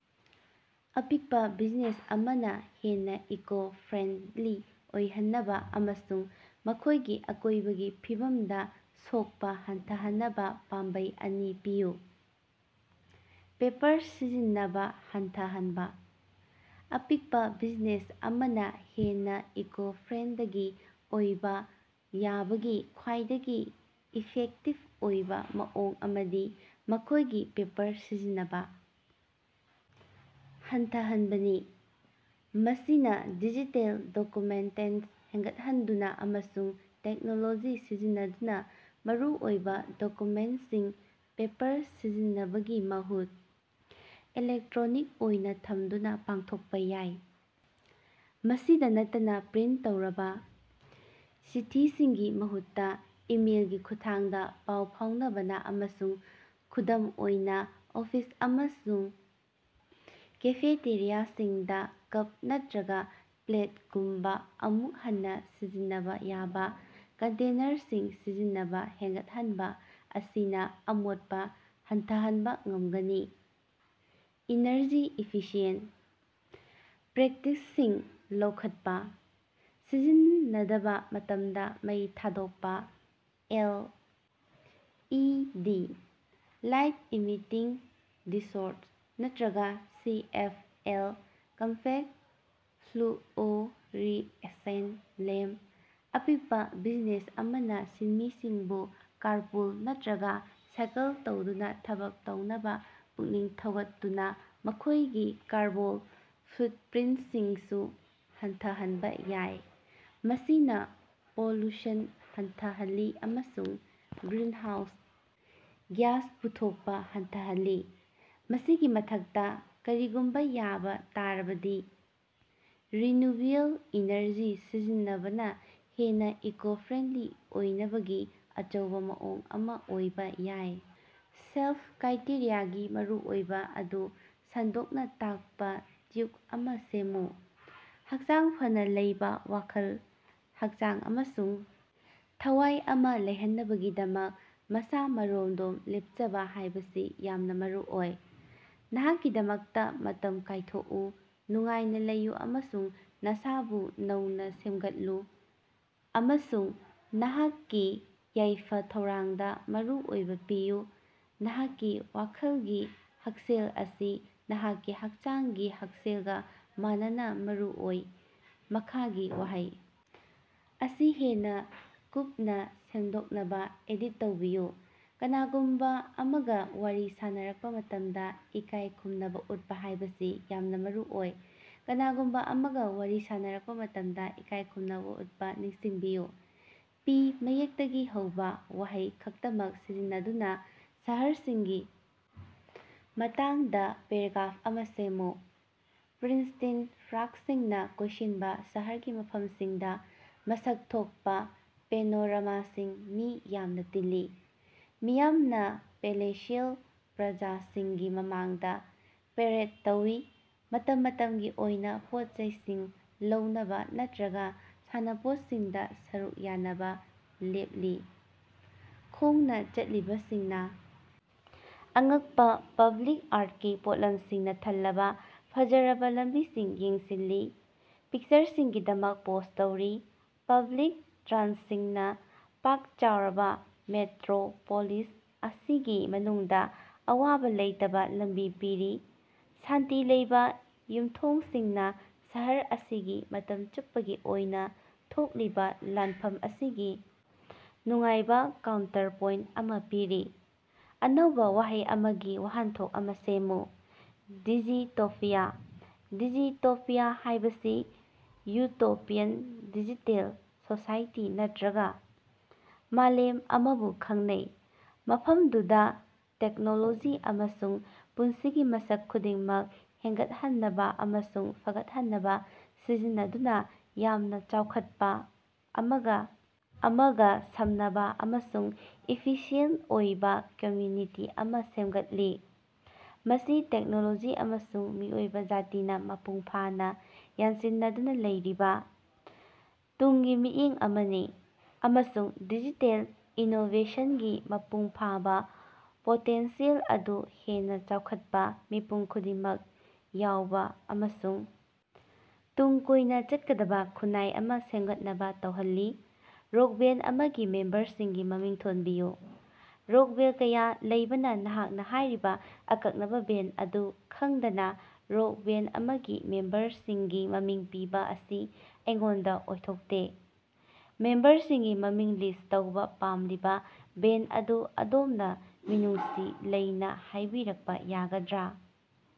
ꯑꯄꯤꯛꯄ ꯕꯤꯖꯤꯅꯦꯁ ꯑꯃꯅ ꯍꯦꯟꯅ ꯏꯀꯣ-ꯐ꯭ꯔꯦꯟꯗꯂꯤ ꯑꯣꯏꯍꯟꯅꯕ ꯑꯃꯁꯨꯡ ꯃꯈꯣꯏꯒꯤ ꯑꯀꯣꯏꯕꯒꯤ ꯐꯤꯕꯝꯗ ꯁꯣꯛꯄ ꯍꯟꯊꯍꯟꯅꯕ ꯄꯥꯝꯕꯩ ꯑꯅꯤ ꯄꯤꯌꯨ꯫ ꯄꯦꯄꯔ ꯁꯤꯖꯤꯟꯅꯕ ꯍꯟꯊꯍꯅꯕ: ꯑꯄꯤꯛꯄ ꯕꯤꯖꯤꯅꯦꯁ ꯑꯃꯅ ꯍꯦꯟꯅ ꯏꯀꯣ-ꯐ꯭ꯔꯦꯟꯗꯂꯤ ꯑꯣꯏꯕ ꯌꯥꯕꯒꯤ ꯈ꯭ꯋꯥꯏꯗꯒꯤ ꯏꯐꯦꯛꯇꯤꯕ ꯑꯣꯏꯕ ꯃꯑꯣꯡ ꯑꯃꯗꯤ ꯃꯈꯣꯏꯒꯤ ꯄꯦꯄꯔ ꯁꯤꯖꯤꯟꯅꯕ ꯍꯟꯊꯍꯟꯕꯅꯤ꯫ ꯃꯁꯤ ꯅ ꯗꯤꯖꯤꯇꯦꯜ ꯗꯣꯀꯨꯃꯦꯟꯇꯦꯁꯟ ꯍꯦꯡꯒꯠꯍꯟꯗꯨꯅ ꯑꯃꯁꯨꯡ ꯇꯦꯛꯅꯣꯂꯣꯖꯤ ꯁꯤꯖꯤꯟꯅꯗꯨꯅ ꯃꯔꯨꯑꯣꯏꯕ ꯗꯣꯀꯨꯃꯦꯟꯠꯁꯤꯡ ꯄꯦꯄꯔ ꯁꯤꯖꯤꯟꯅꯕꯒꯤ ꯃꯍꯨꯠꯇ ꯏꯂꯦꯛꯇ꯭ꯔꯣꯅꯤꯛ ꯑꯣꯏꯅ ꯊꯝꯗꯨꯅ ꯄꯥꯡꯊꯣꯛꯄ ꯌꯥꯏ꯫ ꯃꯁꯤꯗ ꯅꯠꯇꯅ, ꯄ꯭ꯔꯤꯟꯠ ꯇꯧꯔꯕ ꯆꯤꯊꯤꯁꯤꯡꯒꯤ ꯃꯍꯨꯠꯇ ꯏꯃꯦꯏꯜꯒꯤ ꯈꯨꯠꯊꯥꯡꯗ ꯄꯥꯎ ꯐꯥꯎꯅꯕꯅ ꯑꯃꯁꯨꯡ ꯈꯨꯗꯝ ꯑꯣꯏꯅ ꯑꯣꯐꯤꯁ ꯑꯃꯁꯨꯡ ꯀꯦꯐꯦꯇꯦꯔꯤꯌꯥꯁꯤꯡꯗ ꯀꯞ ꯅꯠꯇꯔꯒ ꯄ꯭ꯂꯦꯠꯒꯨꯝꯕ ꯑꯃꯨꯛ ꯍꯟꯅ ꯁꯤꯖꯤꯟꯅꯕ ꯌꯥꯕꯥ ꯀꯟꯇꯦꯅꯔꯁꯤꯡ ꯁꯤꯖꯤꯟꯅꯕ ꯍꯦꯡꯒꯠꯍꯟꯕ ꯑꯁꯤꯅ ꯑꯃꯣꯠꯄ ꯍꯟꯊꯍꯟꯕ ꯉꯝꯒꯅꯤ꯫ ꯏꯅ꯭ꯔꯖꯤ ꯏꯐꯤꯁꯤꯌꯦꯟꯠ ꯄ꯭ꯔꯦꯛꯇꯤꯁꯁꯤꯡ ꯂꯧꯈꯠꯄ: ꯁꯤꯖꯤꯟꯅꯗꯕ ꯃꯇꯝꯗ ꯃꯩ ꯊꯥꯗꯣꯛꯄꯥ, L. E. D. (Light emitting ꯗꯤꯑꯣꯏꯗ) ꯅꯠꯇꯔꯒ ꯁꯤ. ꯑꯦꯐ. ꯑꯦꯜ.(ꯀꯝꯄꯦꯛ ꯐ꯭ꯂꯨꯑꯣꯔꯦꯁꯦꯟꯠ ꯂꯦꯝꯕ), ꯑꯄꯤꯛꯄ ꯕꯤꯖꯤꯅꯦꯁ ꯑꯃꯅ ꯁꯤꯟꯃꯤꯁꯤꯡꯕꯨ ꯀꯥꯔꯄꯨꯜ ꯅꯠꯇꯔꯒ ꯁꯥꯏꯀꯜ ꯊꯧꯗꯨꯅ ꯊꯕꯛ ꯇꯧꯅꯕ ꯄꯨꯛꯅꯤꯡ ꯊꯧꯒꯠꯇꯨꯅ ꯃꯈꯣꯏꯒꯤ ꯀꯥꯔꯕꯣꯟ ꯐꯨꯠꯄ꯭ꯔꯤꯟꯠꯁꯨ ꯍꯟꯊꯍꯟꯕ ꯌꯥꯏ, ꯃꯁꯤꯅ ꯄꯣꯂꯨꯁꯟ ꯍꯟꯊꯍꯜꯂꯤ ꯑꯃꯁꯨꯡ ꯒ꯭ꯔꯤꯟꯍꯥꯎꯁ ꯒ꯭ꯌꯥꯁ ꯄꯨꯊꯣꯛꯄꯥ ꯍꯟꯊꯍꯜꯂꯤ꯫ ꯃꯁꯤꯒꯤ ꯃꯊꯛꯇ, ꯀꯔꯤꯒꯨꯝꯕ ꯌꯥꯕ ꯇꯥꯔꯕꯗꯤ ꯔꯤꯅ꯭ꯌꯨꯑꯦꯕꯜ ꯏꯅ꯭ꯔꯖꯤ ꯁꯤꯖꯤꯟꯅꯕꯅ ꯍꯦꯟꯅꯥ ꯏꯀꯣ-ꯐ꯭ꯔꯦꯟꯗꯂꯤ ꯑꯣꯏꯅꯕꯒꯤ ꯑꯆꯧꯕ ꯃꯑꯣꯡ ꯑꯃ ꯑꯣꯏꯕ ꯌꯥꯏ꯫ ꯁꯦꯜꯐ-ꯀꯦꯌꯔꯒꯤ ꯃꯔꯨꯑꯣꯏꯕ ꯑꯗꯨ ꯁꯟꯗꯣꯛꯅ ꯇꯥꯛꯄ ꯇ꯭ꯋꯤꯠ ꯑꯃ ꯁꯦꯝꯃꯨ꯫ ꯍꯛꯆꯥꯡ ꯐꯅ ꯂꯩꯕ ꯋꯥꯈꯜ, ꯍꯛꯆꯥꯡ ꯑꯃꯁꯨꯡ ꯊꯋꯥꯏ ꯑꯃ ꯂꯩꯍꯟꯅꯕꯒꯤꯗꯃꯛ ꯃꯁꯥ-ꯃꯔꯣꯝꯗꯣꯝ ꯂꯦꯞꯆꯕ ꯍꯥꯏꯕꯁꯤ ꯌꯥꯝꯅ ꯃꯔꯨꯑꯣꯏ꯫ ꯅꯍꯥꯛꯀꯤꯗꯃꯛꯇ ꯃꯇꯝ ꯀꯥꯏꯊꯣꯛꯎ, ꯅꯨꯡꯉꯥꯏꯅ ꯂꯩꯌꯨ ꯑꯃꯁꯨꯡ ꯅꯁꯥꯕꯨ ꯅꯧꯅ ꯁꯦꯝꯒꯠꯂꯨ ꯑꯃꯁꯨꯡ ꯅꯍꯥꯛꯀꯤ ꯌꯥꯏꯐ-ꯊꯧꯔꯥꯡꯗ ꯃꯔꯨꯑꯣꯏꯕ ꯄꯤꯌꯨ꯫ ꯅꯍꯥꯛꯀꯤ ꯋꯥꯈꯜꯒꯤ ꯍꯛꯁꯦꯜ ꯑꯁꯤ ꯅꯍꯥꯛꯀꯤ ꯍꯛꯆꯥꯡꯒꯤ ꯍꯛꯁꯦꯜꯒ ꯃꯥꯟꯅꯅ ꯃꯔꯨꯑꯣꯏ꯫ ꯃꯈꯥꯒꯤ ꯋꯥꯍꯩ ꯑꯁꯤ ꯍꯦꯟꯅ ꯀꯨꯞꯅ ꯁꯦꯝꯗꯣꯛꯅꯕ ꯑꯦꯗꯤꯠ ꯇꯧꯕꯤꯌꯨ: "ꯀꯅꯥꯒꯨꯝꯕ ꯑꯃꯒ ꯋꯥꯔꯤ ꯁꯥꯅꯔꯛꯄ ꯃꯇꯝꯗ ꯏꯀꯥꯏ ꯈꯨꯝꯅꯕ ꯎꯠꯄ ꯍꯥꯏꯕꯁꯤ ꯌꯥꯝꯅ ꯃꯔꯨꯑꯣꯏ꯫ "ꯀꯅꯥꯒꯨꯝꯕ ꯑꯃꯒ ꯋꯥꯔꯤ ꯁꯥꯅꯔꯛꯄ ꯃꯇꯝꯗ ꯏꯀꯥꯏ ꯈꯨꯝꯅꯕ ꯎꯠꯄ ꯅꯤꯡꯁꯤꯡꯕꯤꯌꯨ꯫ "ꯄꯤ" ꯃꯌꯦꯛꯇꯒꯤ ꯍꯧꯕ ꯋꯥꯍꯩ ꯈꯛꯇꯃꯛ ꯁꯤꯖꯤꯟꯅꯗꯨꯅ ꯁꯍ꯭ꯔꯁꯤꯡꯒꯤ ꯃꯇꯥꯡꯗ ꯄꯦꯔꯥꯒ꯭ꯔꯥꯐ ꯑꯃꯥ ꯁꯦꯝꯃꯨ꯫ ꯄ꯭ꯔꯤꯁ꯭ꯇꯤꯟ ꯄꯥ꯭ꯔꯛꯁꯤꯡꯅ ꯀꯣꯏꯁꯤꯟꯕ ꯁꯍꯔꯒꯤ ꯃꯐꯝꯁꯤꯡꯗ ꯃꯁꯛ ꯊꯣꯛꯄ ꯄꯦꯅꯣꯔꯥꯃꯥꯁꯤꯡ ꯃꯤ ꯌꯥꯝꯅ ꯇꯤꯜꯂꯤ꯫ ꯃꯤꯌꯥꯝꯅ ꯄꯦꯂꯦꯁꯤꯑꯦꯜ ꯄ꯭ꯂꯥꯖꯥꯁꯤꯡꯒꯤ ꯃꯃꯥꯡꯗꯥ ꯄꯦꯔꯦꯗ ꯇꯧꯏ, ꯃꯇꯝ ꯃꯇꯝꯒꯤ ꯑꯣꯏꯅ ꯄꯣꯠꯆꯩꯁꯤꯡ ꯂꯧꯅꯕ ꯅꯠꯇꯔꯒ ꯁꯥꯟꯅꯄꯣꯠꯁꯤꯡꯗ ꯁꯔꯨꯛ ꯌꯥꯅꯕ ꯂꯦꯞꯂꯤ꯫ ꯈꯣꯡꯅ ꯆꯠꯂꯤꯕꯁꯤꯡꯅꯥ ꯑꯉꯛꯄ ꯄꯕ꯭ꯂꯤꯛ ꯑꯥ꯭ꯔꯠꯀꯤ ꯄꯣꯠꯂꯝꯁꯤꯡꯅ ꯊꯜꯂꯕ ꯐꯖꯔꯕ ꯂꯝꯕꯤꯁꯤꯡ ꯌꯦꯡꯁꯤꯜꯂꯤ, ꯄꯤꯛꯆꯔꯁꯤꯡꯒꯤꯗꯃꯛ ꯄꯣꯖ ꯇꯧꯔꯤ꯫ ꯄꯕ꯭ꯂꯤꯛ ꯇ꯭ꯔꯥꯟꯁꯤꯠꯅ ꯄꯥꯛ ꯆꯥꯎꯔꯕ ꯃꯦꯇ꯭ꯔꯣꯄꯣꯂꯤꯁ ꯑꯁꯤꯒꯤ ꯃꯅꯨꯡꯗ ꯑꯋꯥꯕ ꯂꯩꯇꯕ ꯂꯝꯕꯤ ꯄꯤꯔꯤ꯫ ꯁꯥꯟꯇꯤ ꯂꯩꯕ ꯌꯨꯃꯊꯣꯡꯁꯤꯡꯅ ꯁꯍꯔ ꯑꯁꯤꯒꯤ ꯃꯇꯝ ꯆꯨꯞꯄꯒꯤ ꯑꯣꯏꯅ ꯊꯣꯛꯂꯤꯕ ꯂꯥꯟꯐꯝ ꯑꯁꯤꯒꯤ ꯅꯨꯡꯉꯥꯏꯕ ꯀꯥꯎꯟꯇ꯭ꯔꯄꯣꯏꯟꯠ ꯑꯃ ꯄꯤꯔꯤ꯫ ꯑꯅꯧꯕꯥ ꯋꯥꯍꯩ ꯑꯃꯒꯤ ꯋꯥꯍꯟꯊꯣꯛ ꯑꯃꯥ ꯁꯦꯝꯕꯥ: "ꯗꯤꯖꯤꯇꯣꯄꯤꯌꯥ"꯫ ꯗꯤꯖꯤꯇꯣꯄꯤꯌꯥ ꯍꯥꯏꯕꯁꯤ ꯌꯨꯇꯣꯄꯤꯌꯥꯟ ꯗꯤꯖꯤꯇꯦꯜ ꯁꯣꯁꯥꯏꯇꯤ ꯅꯠꯇꯔꯒ ꯃꯥꯂꯦꯝ ꯑꯃꯕꯨ ꯈꯪꯅꯩ, ꯃꯐꯝꯗꯨꯗ ꯇꯦꯛꯅꯣꯂꯣꯖꯤ ꯑꯁꯤ ꯄꯨꯟꯁꯤꯒꯤ ꯃꯁꯛ ꯈꯨꯗꯤꯡꯃꯛ ꯍꯦꯡꯒꯠꯍꯟꯅꯕ ꯑꯃꯁꯨꯡ ꯐꯒꯠꯍꯟꯅꯕ ꯁꯤꯖꯤꯟꯅꯗꯨꯅ ꯌꯥꯝꯅ ꯆꯥꯎꯈꯠꯄ, ꯑꯃꯒ ꯑꯃꯒ ꯁꯝꯅꯕ ꯑꯃꯁꯨꯡ ꯏꯐꯤꯁꯤꯑꯦꯟꯠ ꯑꯣꯏꯕ ꯀꯝꯃ꯭ꯌꯨꯅꯤꯇꯤ ꯑꯃ ꯁꯦꯃꯒꯠꯂꯤ꯫ ꯃꯁꯤ ꯇꯦꯛꯅꯣꯂꯣꯖꯤ ꯑꯃꯁꯨꯡ ꯃꯤꯑꯣꯏꯕ ꯖꯥꯇꯤꯅ ꯃꯄꯨꯡ ꯐꯥꯅ ꯌꯥꯟꯁꯤꯟꯅꯗꯨꯅ ꯂꯩꯔꯤꯕ ꯇꯨꯡꯒꯤ ꯃꯤꯠꯌꯦꯡ ꯑꯃꯅꯤ, ꯑꯃꯁꯨꯡ ꯗꯤꯖꯤꯇꯦꯜ ꯏꯅꯣꯕꯦꯁꯟꯒꯤ ꯃꯄꯨꯡ ꯐꯥꯕ ꯄꯣꯇꯦꯟꯁꯤꯌꯦꯜ ꯑꯗꯨ ꯍꯦꯟꯅ ꯆꯥꯎꯈꯠꯄ, ꯃꯤꯄꯨꯝ ꯈꯨꯗꯤꯡꯃꯛ ꯌꯥꯎꯕ ꯑꯃꯁꯨꯡ ꯇꯨꯡ ꯀꯣꯏꯅ ꯆꯠꯀꯗꯕ ꯈꯨꯟꯅꯥꯏ ꯑꯃꯥ ꯁꯦꯃꯒꯠꯅꯕ ꯇꯧꯍꯜꯂꯤ꯫ ꯔꯣꯛ ꯕꯦꯟꯗ ꯑꯃꯒꯤ ꯃꯦꯝꯕꯔꯁꯤꯡꯒꯤ ꯃꯃꯤꯡ ꯊꯣꯟꯕꯤꯌꯨ꯫ ꯔꯣꯛ ꯕꯦꯟꯗ ꯀꯌꯥ ꯂꯩꯕꯅ ꯅꯍꯥꯛꯅ ꯍꯥꯏꯔꯤꯕ ꯑꯀꯛꯅꯕ ꯕꯦꯟꯗ ꯑꯗꯨ ꯈꯪꯗꯅ ꯔꯣꯛ ꯕꯦꯟꯗ ꯑꯃꯒꯤ ꯃꯦꯝꯕꯔꯁꯤꯡꯒꯤ ꯃꯃꯤꯡ ꯄꯤꯕ ꯑꯁꯤ ꯑꯩꯉꯣꯟꯗꯥ ꯑꯣꯏꯊꯣꯛꯇꯦ꯫ ꯃꯦꯝꯕꯔꯁꯤꯡꯒꯤ ꯃꯃꯤꯡ ꯂꯤꯁ꯭ꯠ ꯇꯧꯕ ꯄꯥꯝꯂꯤꯕ ꯕꯦꯟꯗ ꯑꯗꯨ ꯑꯗꯣꯝꯅ ꯃꯤꯅꯨꯡꯁꯤ ꯂꯩꯅꯥ ꯍꯥꯏꯕꯤꯔꯛꯄꯥ ꯌꯥꯒꯗ꯭ꯔꯥ?